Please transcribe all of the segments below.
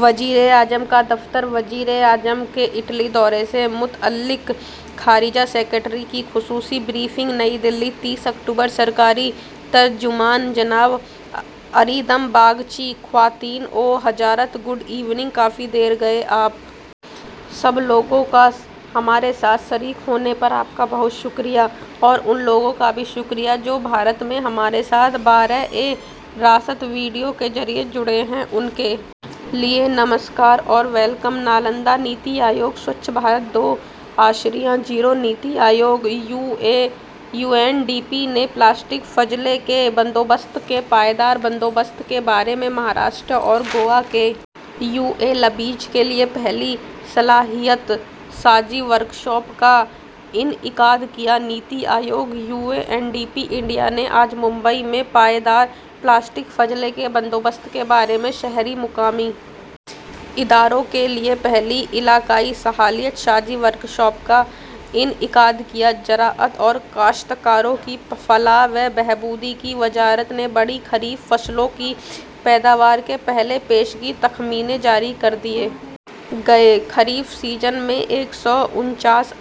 وزیراعظم کا دفتر وزیر اعظم کے اٹلی دورے سے متعلق خارجہ سکریٹری کی خصوصی بریفنگ نئی دہلی تیس اکتوبر سرکاری ترجمان جناب ارندم باگچی خواتین و حضرات گڈ ایوننگ کافی دیر گئے آپ سب لوگوں کا ہمارے ساتھ شریک ہونے پر آپ کا بہت شکریہ اور ان لوگوں کا بھی شکریہ جو بھارت میں ہمارے ساتھ براہ راست ویڈیو کے ذریعے جڑے ہوئے ہیں ان کے لیے نمسکار اور ویلکم نالندہ نیتی آیوگ سووچھ بھارت دو اشاریہ صفر NITI Aayog U N D P نے پلاسٹک فضلے کے بندوبست کے پائیدار بندوبست کے بارے میں مہاراشٹر اور گوا کے یو ایل بیز کے لیے پہلی صلاحیت سازی ورکشاپ کا انعقاد کیا NITI Aayog U N D P India نے آج ممبئی میں پائیدار پلاسٹک فضلے کے بندوبست کے بارے میں شہری مقامی اداروں کے لیے پہلی علاقائی صلاحیت سازی کی ورکشاپ کا انعقاد کیا زراعت اور کاشتکاروں کی فلاح و بہبود کی وزارت بڑی خریف فصلوں کی پیداوار کے پہلے پیشگی تخمینے جاری کر دیے گئے خریف سیزن میں ایک سو انچاس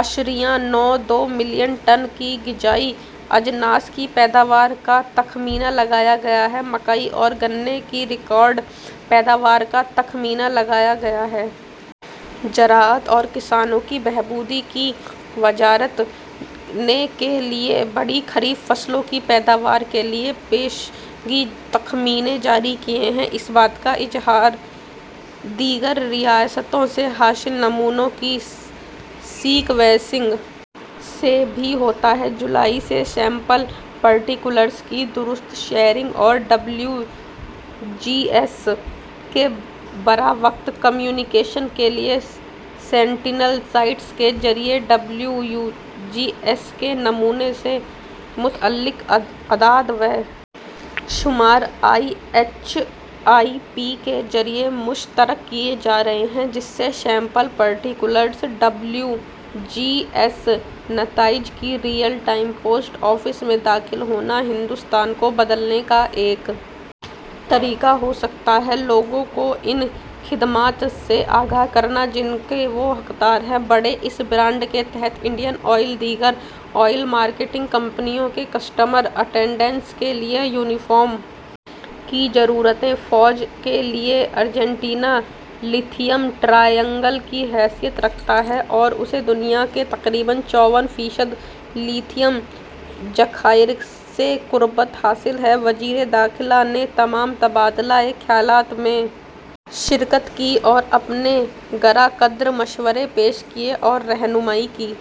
اشاریہ نو دو ملین ٹن کی غذائی اجناس کی پیداوار کا تخمینہ لگایا گیا ہے مکئی اور گنے کی ریکارڈ پیداوار کا تخمینہ لگایا گیا ہے زراعت اور کسانوں کے بہبود کی وزارت نے کے لیے بڑی خریف فصلوں کی پیداوار کے پہلے پیشگی تخمینے جاری کیے ہیں اس بات کا اظہار دیگر ریاستوں سے حاصل نمونوں کی سیکوینسنگ سے بھی ہوتا ہے جولائی سے سیمپل پارٹیکولرس کی درست شیئرنگ اور ڈبلیو جی ایس کے بروقت کمیونیکیشن کے لیے سینٹینل سائٹس کے ذریعہ ڈبلیو جی ایس کے نمونوں سے متعلق اعداد و شمار آئی ایچ آئی پی کے ذریعہ مشترک کیے جا رہے ہیں جس سے sample particular W G S نتائج کی ریئل ٹائم پوسٹ آفس میں داخل ہونا ہندوستان کو بدلنے کا ایک طریقہ ہو سکتا ہے لوگوں کو ان خدمات سے آگاہ کرنا جن کے وہ حقدار ہیں بڑے اس برانڈ کے تحت انڈین آئل دیگر آئل مارکیٹنگ کمپنیوں کے کسٹمر اٹینڈنٹس کے لیے یونیفارم کی ضروریات فوج کے لیے ارجنٹینا لتھیم ٹرائینگ ل کی حیثیت رکھتا ہے اور اسے دنیا کے تقریباً چوون فیصد لتھیم ذخائر سے قربت حاصل ہے وزیر داخلہ نے تمام تبادلہ خیال میں شرکت کی اور اپنے گرانقدر مشورے پیش کیے اور رہنمائی کی